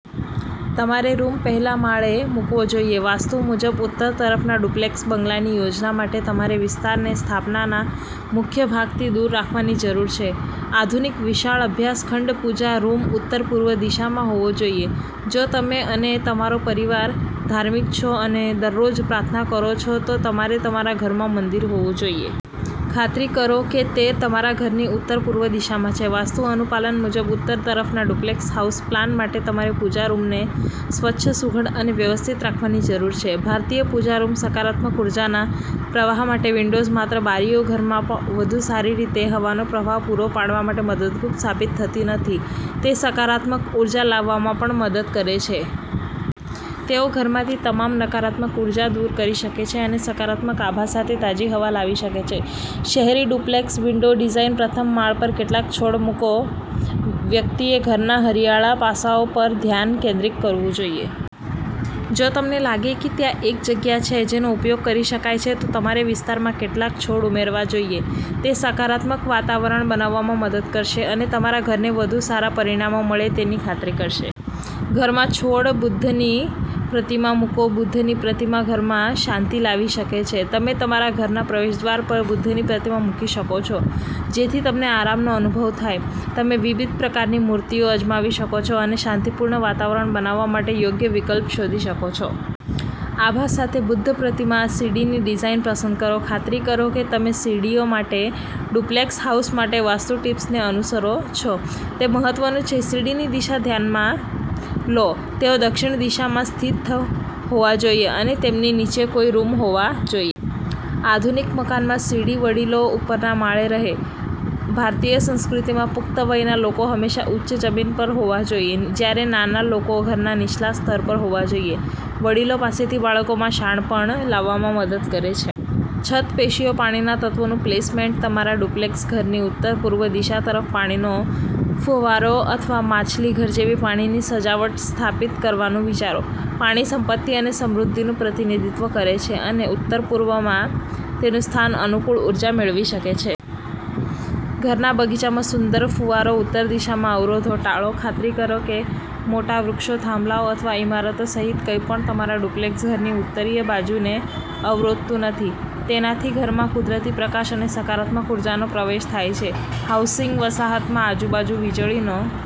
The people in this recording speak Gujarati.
તમારેરૂમ પહેલા માળે મૂકવો જોઈએ. વાસ્તુ મુજબ ઉત્તર તરફના ડુપ્લેક્સ બંગલાની યોજના માટે તમારેવિસ્તારને સ્થાપનાના મુખ્ય ભાગથી દૂર રાખવાની જરૂર છે. આધુનિક, વિશાળ અભ્યાસ ખંડ પૂજા રૂમ ઉત્તર-પૂર્વ દિશામાં હોવો જોઈએ જો તમે અને તમારો પરિવાર ધાર્મિક છો અને દરરોજ પ્રાર્થના કરો છો, તો તમારે તમારા ઘરમાં મંદિર હોવુંજોઈએ. ખાતરી કરો કે તે તમારા ઘરની ઉત્તર-પૂર્વ દિશામાં છે. વાસ્તુ અનુપાલન મુજબ ઉત્તર તરફના ડુપ્લેક્સ હાઉસ પ્લાન માટે તમારે પૂજા રૂમને સ્વચ્છ, સુઘડ અને વ્યવસ્થિત રાખવાની જરૂર છે. ભારતીય પૂજા રૂમ સકારાત્મક ઊર્જાના પ્રવાહ માટે વિન્ડોઝ માત્ર બારીઓ ઘરમાં વધુ સારી રીતે હવાનો પ્રવાહ પૂરો પાડવા માટે મદદગાર સાબિત થતી નથી, તે સકારાત્મક ઉર્જા લાવવામાં પણ મદદ કરે છે. તેઓ ઘરમાંથી તમામ નકારાત્મક ઉર્જા દૂર કરી શકે છે અને સકારાત્મક આભા સાથે તાજી હવા લાવી શકે છે. શહેરી ડુપ્લેક્સ વિન્ડો ડિઝાઇન પ્રથમ માળ પર કેટલાક છોડ મૂકો વ્યક્તિએ ઘરના હરિયાળા પાસાઓ પર ધ્યાન કેન્દ્રિત કરવું જોઈએ. જો તમને લાગે કે ત્યાં એક જગ્યા છે જેનો ઉપયોગ કરી શકાય છે, તો તમારેવિસ્તારમાં કેટલાક છોડ ઉમેરવા જોઈએ. તે સકારાત્મક વાતાવરણ બનાવવામાં મદદ કરશે, અને તમારા ઘરને વધુ સારા પરિણામો મળે તેની ખાતરી કરશે. ઘરમાં છોડ બુદ્ધની પ્રતિમા મૂકો બુદ્ધની પ્રતિમા ઘરમાં શાંતિ લાવી શકે છે. તમે તમારા ઘરના પ્રવેશદ્વાર પર બુદ્ધની પ્રતિમા મૂકી શકો છો જેથી તમને આરામનો અનુભવ થાય. તમે વિવિધ પ્રકારની મૂર્તિઓ અજમાવી શકો છો અને શાંતિપૂર્ણ વાતાવરણ બનાવવા માટે યોગ્ય વિકલ્પ શોધી શકો છો. આભા સાથે બુદ્ધ પ્રતિમા સીડીની ડિઝાઇન પસંદ કરો ખાતરી કરો કે તમે સીડીઓ માટે ડુપ્લેક્સ હાઉસ માટે વાસ્તુ ટીપ્સને અનુસરો છો. તે મહત્વનું છે સીડીની દિશા ધ્યાનમાં લો. તેઓ દક્ષિણ દિશામાં સ્થિત હોવા જોઈએ, અને તેમની નીચે કોઈ રૂમહોવા જોઈએ. આધુનિક મકાનમાં સીડી વડીલો ઉપરના માળે રહે ભારતીય સંસ્કૃતિમાં, પુખ્ત વયના લોકો હંમેશા ઉચ્ચ જમીન પર હોવા જોઈએ, જ્યારે નાના લોકો ઘરના નીચલા સ્તર પર હોવા જોઈએ. વડીલો પાસેથી બાળકોમાં શાણપણ લાવવામાં મદદ કરે છે. છત પેશિયો પાણીના તત્વોનું પ્લેસમેન્ટ તમારા ડુપ્લેક્સ ઘરની ઉત્તરપૂર્વ દિશા તરફ પાણીનો ફુવારો અથવા માછલીઘર જેવી પાણીની સજાવટ સ્થાપિત કરવાનું વિચારો. પાણી સંપત્તિ અને સમૃદ્ધિનું પ્રતિનિધિત્વ કરે છે, અને ઉત્તરપૂર્વમાં તેનું સ્થાન અનુકૂળ ઉર્જા મેળવી શકે છે. ઘરના બગીચામાં સુંદર ફુવારો ઉત્તર દિશામાં અવરોધો ટાળો ખાતરી કરો કે મોટા વૃક્ષો, થાંભલાઓ અથવા ઇમારતો સહિત કંઈપણ તમારા ડુપ્લેક્સ ઘરની ઉત્તરીય બાજુને અવરોધતું નથી. તેનાથી ઘરમાં કુદરતી પ્રકાશ અને સકારાત્મક ઉર્જાનો પ્રવેશ થાય છે. હાઉસિંગ વસાહતમાં આજુબાજુ વીજળીનો